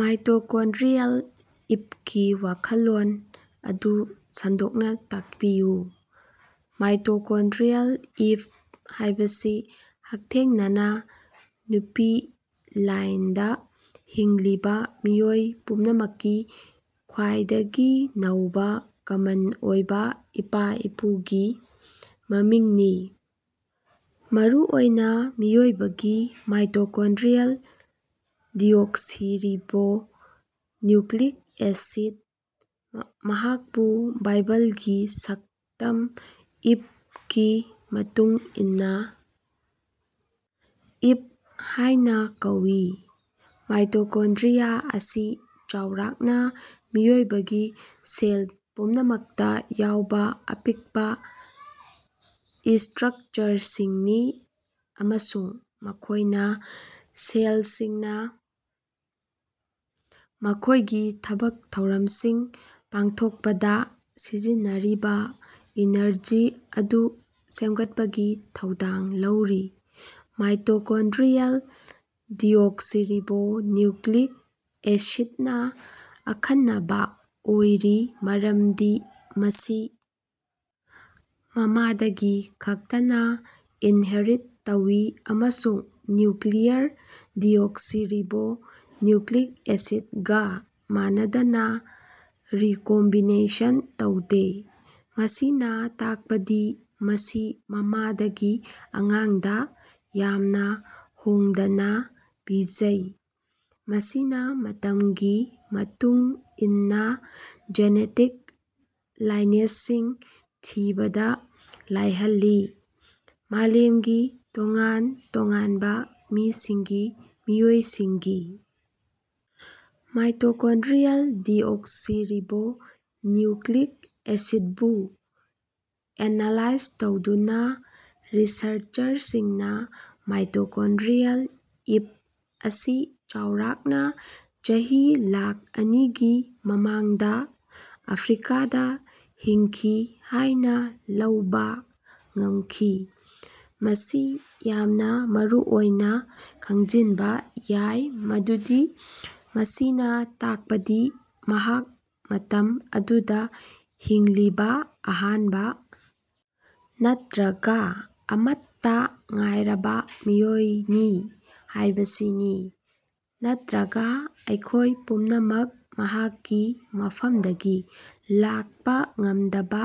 Mitochondrial ꯏꯞꯀꯤ ꯋꯥꯈꯜꯂꯣꯟ ꯑꯗꯨ ꯁꯟꯗꯣꯛꯅꯥ ꯇꯥꯛꯄꯤꯌꯨ꯫ ꯃꯥꯏꯇꯣꯀꯣꯟꯗ꯭ꯔꯤꯑꯦꯜ ꯏꯞ ꯍꯥꯏꯕꯁꯤ ꯍꯛꯊꯦꯡꯅꯅꯥ ꯅꯨꯄꯤ ꯂꯥꯏꯟꯗꯥ ꯍꯤꯡꯂꯤꯕꯥ ꯃꯤꯑꯣꯏ ꯄꯨꯝꯅꯃꯛꯀꯤ ꯈ꯭ꯋꯥꯏꯗꯒꯤ ꯅꯧꯕꯥ ꯀꯃꯟ ꯑꯣꯏꯕꯥ ꯏꯄꯥ-ꯏꯄꯨꯒꯤ ꯃꯃꯤꯡꯅꯤ, ꯃꯔꯨꯑꯣꯏꯅꯥ ꯃꯤꯑꯣꯏꯕꯒꯤ ꯃꯥꯏꯇꯣꯀꯣꯟꯗ꯭ꯔꯤꯑꯦꯜ ꯗꯤꯑꯣꯛꯁꯤꯔꯤꯕꯣ ꯅꯤꯎꯀ꯭ꯂꯤꯛ ꯑꯦꯁꯤꯠ ꯃꯍꯥꯛꯄꯨ ꯕꯥꯏꯕꯜꯒꯤ ꯁꯛꯇꯝ ꯏꯞꯒꯤ ꯃꯇꯨꯡ ꯏꯟꯅꯥ "ꯏꯞ" ꯍꯥꯏꯅꯥ ꯀꯧꯏ꯫ ꯃꯥꯏꯇꯣꯀꯣꯟꯗ꯭ꯔꯤꯌꯥ ꯑꯁꯤ ꯆꯥꯎꯔꯥꯛꯅꯥ ꯃꯤꯑꯣꯏꯕꯒꯤ ꯁꯦꯜ ꯄꯨꯝꯅꯃꯛꯇꯥ ꯌꯥꯎꯕꯥ ꯑꯄꯤꯛꯄꯥ ꯏꯁꯇ꯭ꯔꯛꯆꯔꯁꯤꯡꯅꯤ ꯑꯃꯁꯨꯡ ꯃꯈꯣꯏꯅꯥ ꯁꯦꯜꯁꯤꯡꯅꯥ ꯃꯈꯣꯏꯒꯤ ꯊꯕꯛ ꯊꯧꯔꯝꯁꯤꯡ ꯄꯥꯡꯊꯣꯛꯄꯗꯥ ꯁꯤꯖꯤꯟꯅꯔꯤꯕꯥ ꯏꯅꯔꯖꯤ ꯑꯗꯨ ꯁꯦꯝꯒꯠꯄꯒꯤ ꯊꯧꯗꯥꯡ ꯂꯧꯔꯤ꯫ ꯃꯥꯏꯇꯣꯀꯣꯟꯗ꯭ꯔꯤꯑꯦꯜ ꯗꯤꯑꯣꯛꯁꯤꯔꯤꯕꯣ ꯅꯤꯎꯀ꯭ꯂꯤꯛ ꯑꯦꯁꯤꯠꯅꯥ ꯑꯈꯟꯅꯕꯥ ꯑꯣꯏꯔꯤ ꯃꯔꯝꯗꯤ ꯃꯁꯤ ꯃꯃꯥꯗꯒꯤ ꯈꯛꯇꯅꯥ ꯏꯟꯍꯦꯔꯤꯠ ꯇꯧꯏ ꯑꯃꯁꯨꯡ ꯅ꯭ꯌꯨꯀ꯭ꯂꯤꯌꯔ ꯗꯤꯑꯣꯛꯁꯤꯔꯤꯕꯣ ꯅꯤꯎꯀ꯭ꯂꯤꯛ ꯑꯦꯁꯤꯠꯒꯥ ꯃꯥꯟꯅꯗꯅꯥ, ꯔꯤꯀꯣꯝꯕꯤꯅꯦꯁꯟ ꯇꯧꯗꯦ꯫ ꯃꯁꯤꯅꯥ ꯇꯥꯛꯄꯗꯤ ꯃꯁꯤ ꯃꯃꯥꯗꯒꯤ ꯑꯉꯥꯡꯗꯥ ꯌꯥꯝꯅꯥ ꯍꯣꯡꯗꯅꯥ ꯄꯤꯖꯩ, ꯃꯁꯤꯅꯥ ꯃꯇꯝꯒꯤ ꯃꯇꯨꯡ ꯏꯟꯅꯥ ꯖꯦꯅꯦꯇꯤꯛ ꯂꯥꯏꯅꯦꯖꯁꯤꯡ ꯊꯤꯕꯗꯥ ꯂꯥꯏꯍꯜꯂꯤ꯫ ꯃꯥꯂꯦꯝꯒꯤ ꯇꯣꯉꯥꯟ ꯇꯣꯉꯥꯟꯕꯥ ꯃꯤꯁꯤꯡꯒꯤ ꯃꯤꯑꯣꯏꯁꯤꯡꯒꯤ ꯃꯥꯏꯇꯣꯀꯣꯟꯗ꯭ꯔꯤꯑꯦꯜ ꯗꯤꯑꯣꯛꯁꯤꯔꯤꯕꯣ ꯅꯤꯎꯀ꯭ꯂꯤꯛ ꯑꯦꯁꯤꯠꯕꯨ ꯑꯦꯅꯥꯂꯥꯏꯖ ꯇꯧꯗꯨꯅꯥ ꯔꯤꯁꯔꯆꯔꯁꯤꯡꯅꯥ ꯃꯥꯏꯇꯣꯀꯣꯟꯗ꯭ꯔꯤꯑꯦꯜ ꯏꯞ ꯑꯁꯤ ꯆꯥꯎꯔꯥꯛꯅꯥ ꯆꯍꯤ ꯂꯥꯛ ꯑꯅꯤꯒꯤ ꯃꯃꯥꯡꯗꯥ, ꯑꯐ꯭ꯔꯤꯀꯥꯗꯥ ꯍꯤꯡꯈꯤ ꯍꯥꯏꯅꯥ ꯂꯧꯕꯥ ꯉꯝꯈꯤ꯫ ꯃꯁꯤ ꯌꯥꯝꯅꯥ ꯃꯔꯨꯑꯣꯏꯅꯥ ꯈꯪꯖꯤꯟꯕꯥ ꯌꯥꯏ ꯃꯗꯨꯗꯤ ꯃꯁꯤꯅꯥ ꯇꯥꯛꯄꯗꯤ ꯃꯍꯥꯛ ꯃꯇꯝ ꯑꯗꯨꯗꯥ ꯍꯤꯡꯂꯤꯕꯥ ꯑꯍꯥꯟꯕꯥ ꯅꯠꯇ꯭ꯔꯒꯥ ꯑꯃꯠꯇꯥ ꯉꯥꯏꯔꯕꯥ ꯃꯤꯑꯣꯏꯅꯤ ꯍꯥꯏꯕꯁꯤꯅꯤ, ꯅꯠꯇ꯭ꯔꯒꯥ ꯑꯩꯈꯣꯏ ꯄꯨꯝꯅꯃꯛ ꯃꯍꯥꯛꯀꯤ ꯃꯐꯝꯗꯒꯤ ꯂꯥꯛꯄꯥ ꯉꯝꯗꯕꯥ,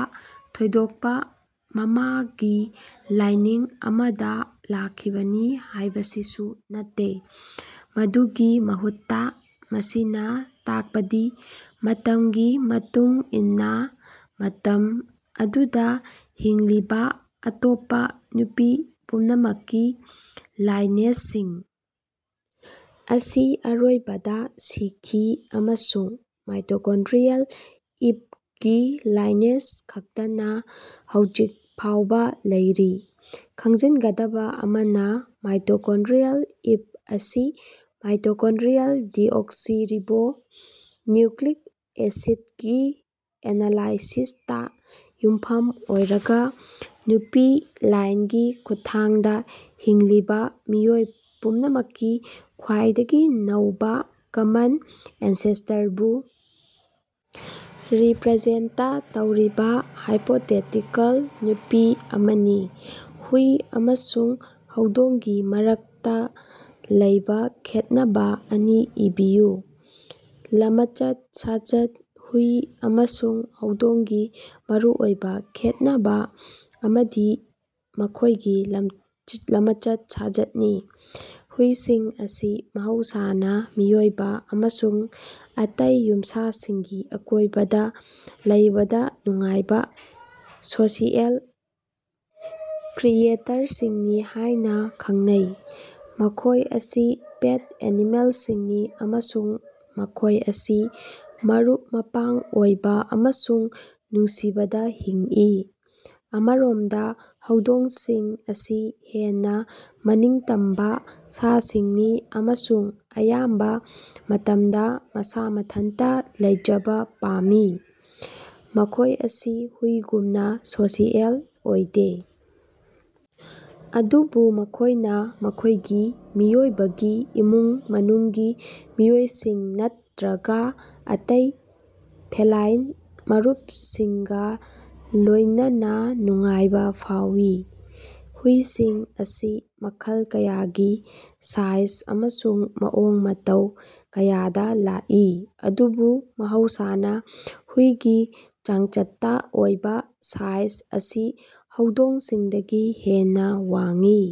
ꯊꯣꯏꯗꯣꯛꯄꯥ ꯃꯃꯥꯒꯤ ꯂꯥꯏꯅꯤꯡ ꯑꯃꯗꯥ ꯂꯥꯛꯈꯤꯕꯅꯤ ꯍꯥꯏꯕꯁꯤꯁꯨ ꯅꯠꯇꯦ꯫ ꯃꯗꯨꯒꯤ ꯃꯍꯨꯠꯇꯥ, ꯃꯁꯤꯅꯥ ꯇꯥꯛꯄꯗꯤ ꯃꯇꯝꯒꯤ ꯃꯇꯨꯡ ꯏꯟꯅꯥ ꯃꯇꯝ ꯑꯗꯨꯗꯥ ꯍꯤꯡꯂꯤꯕꯥ ꯑꯇꯣꯞꯄꯥ ꯅꯨꯄꯤ ꯄꯨꯝꯅꯃꯛꯀꯤ ꯂꯥꯏꯅꯦꯖꯁꯤꯡ ꯑꯁꯤ ꯑꯔꯣꯏꯕꯗꯥ ꯁꯤꯈꯤ ꯑꯃꯁꯨꯡ ꯃꯥꯏꯇꯣꯀꯣꯟꯗ꯭ꯔꯤꯑꯦꯜ ꯏꯞꯒꯤ ꯂꯥꯏꯅꯦꯖ ꯈꯛꯇꯅꯥ ꯍꯧꯖꯤꯛ ꯐꯥꯎꯕꯥ ꯂꯩꯔꯤ꯫ ꯈꯪꯖꯤꯟꯒꯗꯕꯥ ꯑꯃꯅꯥ, ꯃꯥꯏꯇꯣꯀꯣꯟꯗ꯭ꯔꯤꯑꯦꯜ ꯏꯞ ꯑꯁꯤ ꯃꯥꯏꯇꯣꯀꯣꯟꯗ꯭ꯔꯤꯑꯦꯜ ꯗꯤꯑꯣꯛꯁꯤꯔꯤꯕꯣ ꯅꯤꯎꯀ꯭ꯂꯤꯛ ꯑꯦꯁꯤꯠꯒꯤ ꯑꯦꯅꯥꯂꯥꯏꯁꯤꯁꯇꯥ ꯌꯨꯝꯐꯝ ꯑꯣꯏꯔꯒꯥ, ꯅꯨꯄꯤ ꯂꯥꯏꯟꯒꯤ ꯈꯨꯠꯊꯥꯡꯗꯥ ꯍꯤꯡꯂꯤꯕꯥ ꯃꯤꯑꯣꯏ ꯄꯨꯝꯅꯃꯛꯀꯤ ꯈ꯭ꯋꯥꯏꯗꯒꯤ ꯅꯧꯕꯥ ꯀꯃꯟ ꯑꯦꯟꯁꯦꯁꯇꯔꯕꯨ ꯔꯤꯄ꯭ꯔꯖꯦꯟꯇ ꯇꯧꯔꯤꯕꯥ ꯍꯥꯏꯄꯣꯇꯦꯇꯤꯀꯜ ꯅꯨꯄꯤ ꯑꯃꯅꯤ꯫ ꯍꯨꯏ ꯑꯃꯁꯨꯡ ꯍꯧꯗꯣꯡꯒꯤ ꯃꯔꯛꯇꯥ ꯂꯩꯕꯥ ꯈꯦꯠꯅꯕꯥ ꯑꯅꯤ ꯏꯕꯤꯌꯨ꯫ ꯂꯃꯆꯠ-ꯁꯥꯖꯠ: ꯍꯨꯏ ꯑꯃꯁꯨꯡ ꯍꯧꯗꯣꯡꯒꯤ ꯃꯔꯨꯑꯣꯏꯕꯥ ꯈꯦꯠꯅꯕꯥ ꯑꯃꯗꯤ ꯃꯈꯣꯏꯒꯤ ꯂꯃꯆꯠ-ꯁꯥꯖꯠꯅꯤ꯫ ꯍꯨꯏꯁꯤꯡ ꯑꯁꯤ ꯃꯍꯧꯁꯥꯅꯥ ꯃꯤꯑꯣꯏꯕꯥ ꯑꯃꯁꯨꯡ ꯑꯇꯩ ꯌꯨꯝꯁꯥꯁꯤꯡꯒꯤ ꯑꯀꯣꯏꯕꯗꯥ ꯂꯩꯕꯗꯥ ꯅꯨꯡꯉꯥꯏꯕꯥ ꯁꯣꯁꯤꯑꯦꯜ ꯀ꯭ꯔꯤꯌꯦꯇꯔꯁꯤꯡꯅꯤ ꯍꯥꯏꯅꯥ ꯈꯪꯅꯩ꯫ ꯃꯈꯣꯏ ꯑꯁꯤ ꯄꯦꯠ ꯑꯦꯅꯤꯃꯦꯜꯁꯤꯡꯅꯤ ꯑꯃꯁꯨꯡ ꯃꯈꯣꯏ ꯑꯁꯤ ꯃꯔꯨꯞ-ꯃꯄꯥꯡ ꯑꯣꯏꯕꯥ ꯑꯃꯁꯨꯡ ꯅꯨꯡꯁꯤꯕꯗꯥ ꯍꯤꯡꯏ꯫ ꯑꯃꯔꯣꯝꯗꯥ, ꯍꯧꯗꯣꯡꯁꯤꯡ ꯑꯁꯤ ꯍꯦꯟꯅꯥ ꯃꯅꯤꯡꯇꯝꯕꯥ ꯁꯥꯁꯤꯡꯅꯤ ꯑꯃꯁꯨꯡ ꯑꯌꯥꯝꯕꯥ ꯃꯇꯝꯗꯥ ꯃꯁꯥ ꯃꯊꯟꯇꯥ ꯂꯩꯖꯕꯥ ꯄꯥꯝꯃꯤ꯫ ꯃꯈꯣꯏ ꯑꯁꯤ ꯍꯨꯏꯒꯨꯝꯅꯥ ꯁꯣꯁꯤꯑꯦꯜ ꯑꯣꯏꯗꯦ ꯑꯗꯨꯕꯨ ꯃꯈꯣꯏꯅꯥ ꯃꯈꯣꯏꯒꯤ ꯃꯤꯑꯣꯏꯕꯒꯤ ꯏꯃꯨꯡ-ꯃꯅꯨꯡꯒꯤ ꯃꯤꯑꯣꯏꯁꯤꯡ ꯅꯠꯇ꯭ꯔꯒꯥ ꯑꯇꯩ ꯐꯦꯂꯥꯏꯟ ꯃꯔꯨꯞꯁꯤꯡꯒꯥ ꯂꯣꯏꯅꯅꯥ ꯅꯨꯡꯉꯥꯏꯕꯥ ꯐꯥꯎꯏ꯫ ꯍꯨꯏꯁꯤꯡ ꯑꯁꯤ ꯃꯈꯜ ꯀꯌꯥꯒꯤ, ꯁꯥꯏꯖ ꯑꯃꯁꯨꯡ ꯃꯑꯣꯡ-ꯃꯇꯧ ꯀꯌꯥꯗꯥ ꯂꯥꯛꯏ, ꯑꯗꯨꯕꯨ ꯃꯍꯧꯁꯥꯅꯥ, ꯍꯨꯏꯒꯤ ꯆꯥꯡꯆꯠꯇꯥ ꯑꯣꯏꯕꯥ ꯁꯥꯏꯖ ꯑꯁꯤ ꯍꯧꯗꯣꯡꯁꯤꯡꯗꯒꯤ ꯍꯦꯟꯅꯥ ꯋꯥꯡꯏ꯫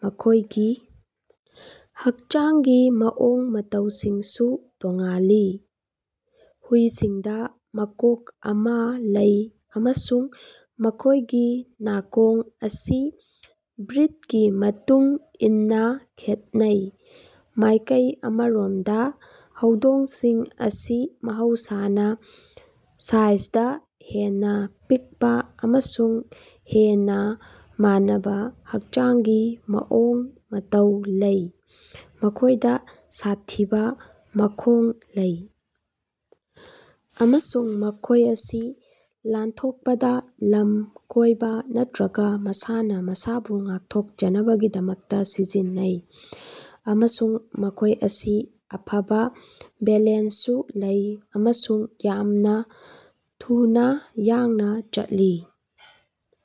ꯃꯈꯣꯏꯒꯤ ꯍꯛꯆꯥꯡꯒꯤ ꯃꯑꯣꯡ-ꯃꯇꯧꯁꯤꯡꯁꯨ ꯇꯣꯉꯥꯜꯂꯤ, ꯍꯨꯏꯁꯤꯡꯗꯥ ꯃꯀꯣꯛ ꯑꯃꯥ ꯂꯩ ꯑꯃꯁꯨꯡ ꯃꯈꯣꯏꯒꯤ ꯅꯥꯀꯣꯡ ꯑꯁꯤ ꯕ꯭ꯔꯤꯠꯀꯤ ꯃꯇꯨꯡ ꯏꯟꯅꯥ ꯈꯦꯠꯅꯩ꯫ ꯃꯥꯏꯀꯩ ꯑꯃꯔꯣꯝꯗꯥ, ꯍꯧꯗꯣꯡꯁꯤꯡ ꯑꯁꯤ ꯃꯍꯧꯁꯥꯅꯥ ꯁꯥꯏꯖꯗꯥ ꯍꯦꯟꯅꯥ ꯄꯤꯛꯄꯥ ꯑꯃꯁꯨꯡ ꯍꯦꯟꯅꯥ ꯃꯥꯟꯅꯕꯥ ꯍꯛꯆꯥꯡꯒꯤ ꯃꯑꯣꯡ-ꯃꯇꯧ ꯂꯩ꯫ ꯃꯈꯣꯏꯗꯥ ꯁꯥꯊꯤꯕꯥ ꯃꯈꯣꯡ ꯂꯩ ꯑꯃꯁꯨꯡ ꯃꯈꯣꯏ ꯑꯁꯤ ꯂꯥꯟꯊꯣꯛꯄꯗꯥ, ꯂꯝ ꯀꯣꯏꯕꯥ ꯅꯠꯇ꯭ꯔꯒꯥ ꯃꯁꯥꯅꯥ ꯃꯁꯥꯕꯨ ꯉꯥꯛꯊꯣꯛꯆꯅꯕꯒꯤꯗꯃꯛꯇꯥ ꯁꯤꯖꯤꯟꯅꯩ, ꯑꯃꯁꯨꯡ ꯃꯈꯣꯏ ꯑꯁꯤ ꯑꯐꯕꯥ ꯕꯦꯂꯦꯟꯁꯁꯨ ꯂꯩ ꯑꯃꯁꯨꯡ ꯌꯥꯝꯅꯥ ꯊꯨꯅꯥ ꯌꯥꯡꯅꯥ ꯆꯠꯂꯤ꯫